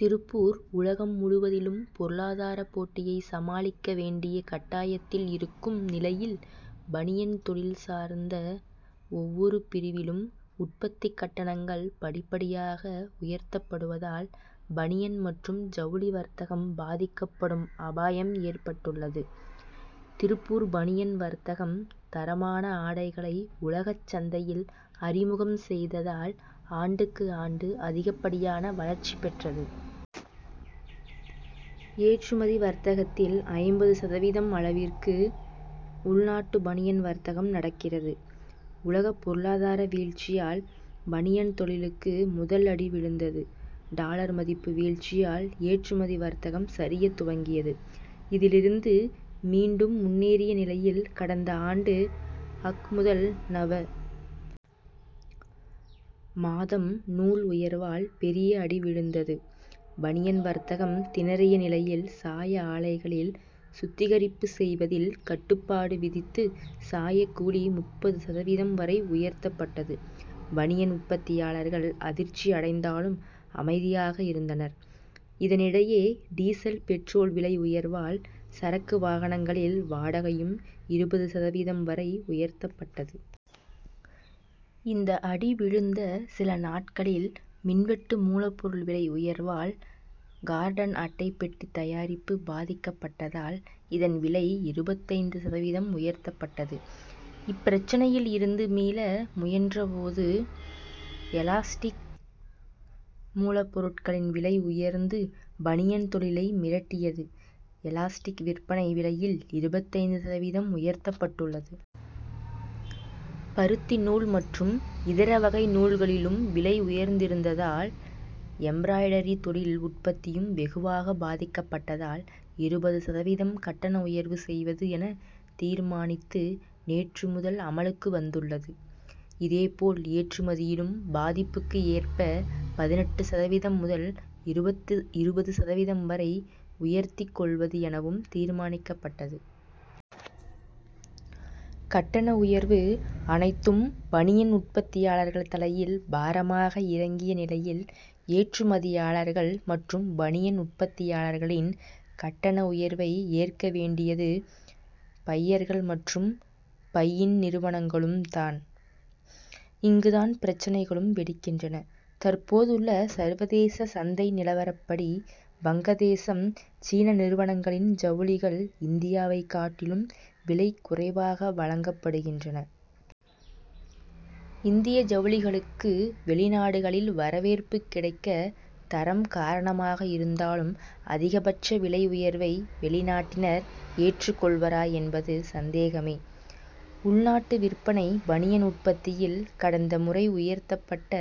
திருப்பூர் உலகம் முழுவதிலும் பொருளாதார போட்டியை சமாளிக்க வேண்டிய கட்டாயத்தில் இருக்கும் நிலையில் பனியன் தொழில் சார்ந்த ஒவ்வொரு பிரிவிலும் உற்பத்தி கட்டணங்கள் படிப்படியாக உயர்த்தப்படுவதால் பனியன் மற்றும் ஜவுளி வர்த்தகம் பாதிக்கப்படும் அபாயம் ஏற்பட்டுள்ளது. திருப்பூர் பனியன் வர்த்தகம் தரமான ஆடைகளை உலகச் சந்தையில் அறிமுகம் செய்ததால் ஆண்டுக்கு ஆண்டு அதிகப்படியான வளர்ச்சி பெற்றது. ஏற்றுமதி வர்த்தகத்தில் ஐம்பது சதவீதம் அளவிற்கு உள்நாட்டு பனியன் வர்த்தகம் நடக்கிறது. உலக பொருளாதார வீழ்ச்சியால் பனியன் தொழிலுக்கு முதல் அடி விழுந்தது. டாலர் மதிப்பு வீழ்ச்சியால் ஏற்றுமதி வர்த்தகம் சரியத் துவங்கியது. இதிலிருந்து மீண்டும் முன்னேறிய நிலையில் கடந்த ஆண்டு அக். முதல் நவ. மாதம் நூல் உயர்வால் பெரிய அடி விழுந்தது. பனியன் வர்த்தகம் திணறிய நிலையில் சாய ஆலைகளில் சுத்திகரிப்பு செய்வதில் கட்டுப்பாடு விதித்து சாயக்கூலி முப்பது சதவீதம் வரை உயர்த்தப்பட்டது. பனியன் உற்பத்தியாளர்கள் அதிர்ச்சி அடைந்தாலும் அமைதியாக இருந்தனர். இதனிடையே டீசல் பெட்ரோல் விலை உயர்வால் சரக்கு வாகனங்களில் வாடகையும் இருபது சதவீதம் வரை உயர்த்தப்பட்டது. இந்த அடி விழுந்த சில நாட்களில் மின்வெட்டு மூலப்பொருள் விலை உயர்வால் கார்டன் அட்டைப் பெட்டி தயாரிப்பு பாதிக்கப்பட்டதால் இதன் விலை இருபத்தைந்து சதவீதம் உயர்த்தப்பட்டது. இப்பிரச்னையில் இருந்து மீள முயன்ற போது எலாஸ்டிக் மூலப்பொருட்களின் விலை உயர்ந்து பனியன் தொழிலை மிரட்டியது. எலாஸ்டிக் விற்பனை விலையில் இருபத்தைந்து சதவீதம் உயர்த்தப்பட்டுள்ளது. பருத்தி நூல் மற்றும் இதர வகை நூல்களிலும் விலை உயர்ந்திருந்ததால் எம்ப்ராய்டரிங் தொழில் உற்பத்தியும் வெகுவாக பாதிக்கப்பட்டதால் இருபது சதவீதம் கட்டண உயர்வு செய்வது என தீர்மானித்து நேற்று முதல் அமலுக்கு வந்துள்ளது. இதேபோல் ஏற்றுமதியிலும் பாதிப்புக்கு ஏற்ப பதினெட்டு சதவீதம் முதல் இருபது சதவீதம் வரை உயர்த்திக் கொள்வது எனவும் தீர்மானிக்கப்பட்டது. கட்டண உயர்வு அனைத்தும் பனியன் உற்பத்தியாளர்கள் தலையில் பாரமாக இறங்கிய நிலையில் ஏற்றுமதியாளர்கள் மற்றும் பனியன் உற்பத்தியாளர்களின் கட்டண உயர்வை ஏற்க வேண்டியது பையர்கள் மற்றும் பையிங் நிறுவனங்களும் தான். இங்கு தான் பிரச்னைகளும் வெடிக்கின்றன. தற்போதுள்ள சர்வதேச சந்தை நிலவரப்படி வங்கதேசம் சீன நிறுவனங்களின் ஜவுளிகள் இந்தியாவை காட்டிலும் விலை குறைவாக வழங்கப்படுகின்றன. இந்திய ஜவுளிகளுக்கு வெளிநாடுகளில் வரவேற்பு கிடைக்க தரம் காரணமாக இருந்தாலும் அதிகபட்ச விலை உயர்வை வெளிநாட்டினர் ஏற்றுக்கொள்வரா என்பது சந்தேகமே. உள்நாட்டு விற்பனை பனியன் உற்பத்தியில் கடந்த முறை உயர்த்தப்பட்ட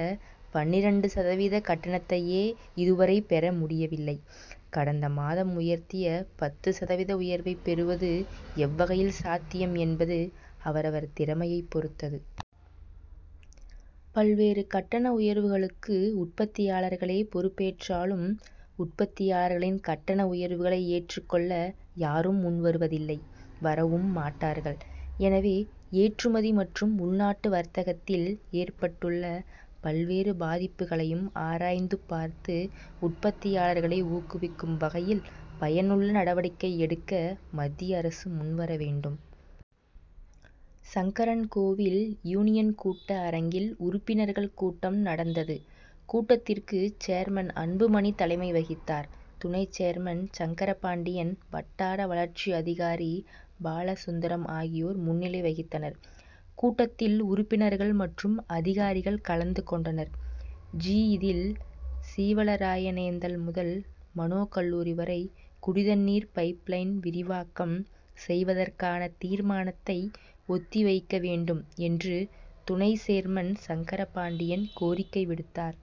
பன்னிரண்டு சதவீத கட்டணத்தையே இதுவரை பெற முடியவில்லை. கடந்த மாதம் உயர்த்திய பத்து சதவீத உயர்வை பெறுவது எவ்வகையில் சாத்தியம் என்பது அவரவர் திறமையை பொருத்தது. பல்வேறு கட்டண உயர்வுகளுக்கு உற்பத்தியாளர்களே பொறுப்பேற்றாலும் உற்பத்தியாளர்களின் கட்டண உயர்வுகளை ஏற்றுக்கொள்ள யாரும் முன்வருவதில்லை வரவும் மாட்டார்கள். எனவே ஏற்றுமதி மற்றும் உள்நாட்டு வர்த்தகத்தில் ஏற்பட்டுள்ள பல்வேறு பாதிப்புகளையும் ஆராய்ந்து பார்த்து உற்பத்தியாளர்களை ஊக்குவிக்கும் வகையில் பயனுள்ள நடவடிக்கை எடுக்க மத்திய அரசு முன்வர வேண்டும். சங்கரன்கோவில் யூனியன் கூட்ட அரங்கில் உறுப்பினர்கள் கூட்டம் நடந்தது. கூட்டத்திற்கு சேர்மன் அன்புமணி தலைமை வகித்தார். துணை சேர்மன் சங்கரபாண்டியன் வட்டார வளர்ச்சி அதிகாரி பாலசுந்தரம் ஆகியோர் முன்னிலை வகித்தனர். கூட்டத்தில் உறுப்பினர்கள் மற்றும் அதிகாரிகள் கலந்து கொண்டனர். ஜி. இதில் சீவலராயனேந்தல் முதல் மனோ கல்லூரி வரை குடிதண்ணீர் பைப் லைன் விரிவாக்கம் செய்வதற்கான தீர்மானத்தை ஒத்தி வைக்க வேண்டும் என்று துணை சேர்மன் சங்கரபாண்டியன் கோரிக்கை விடுத்தார்.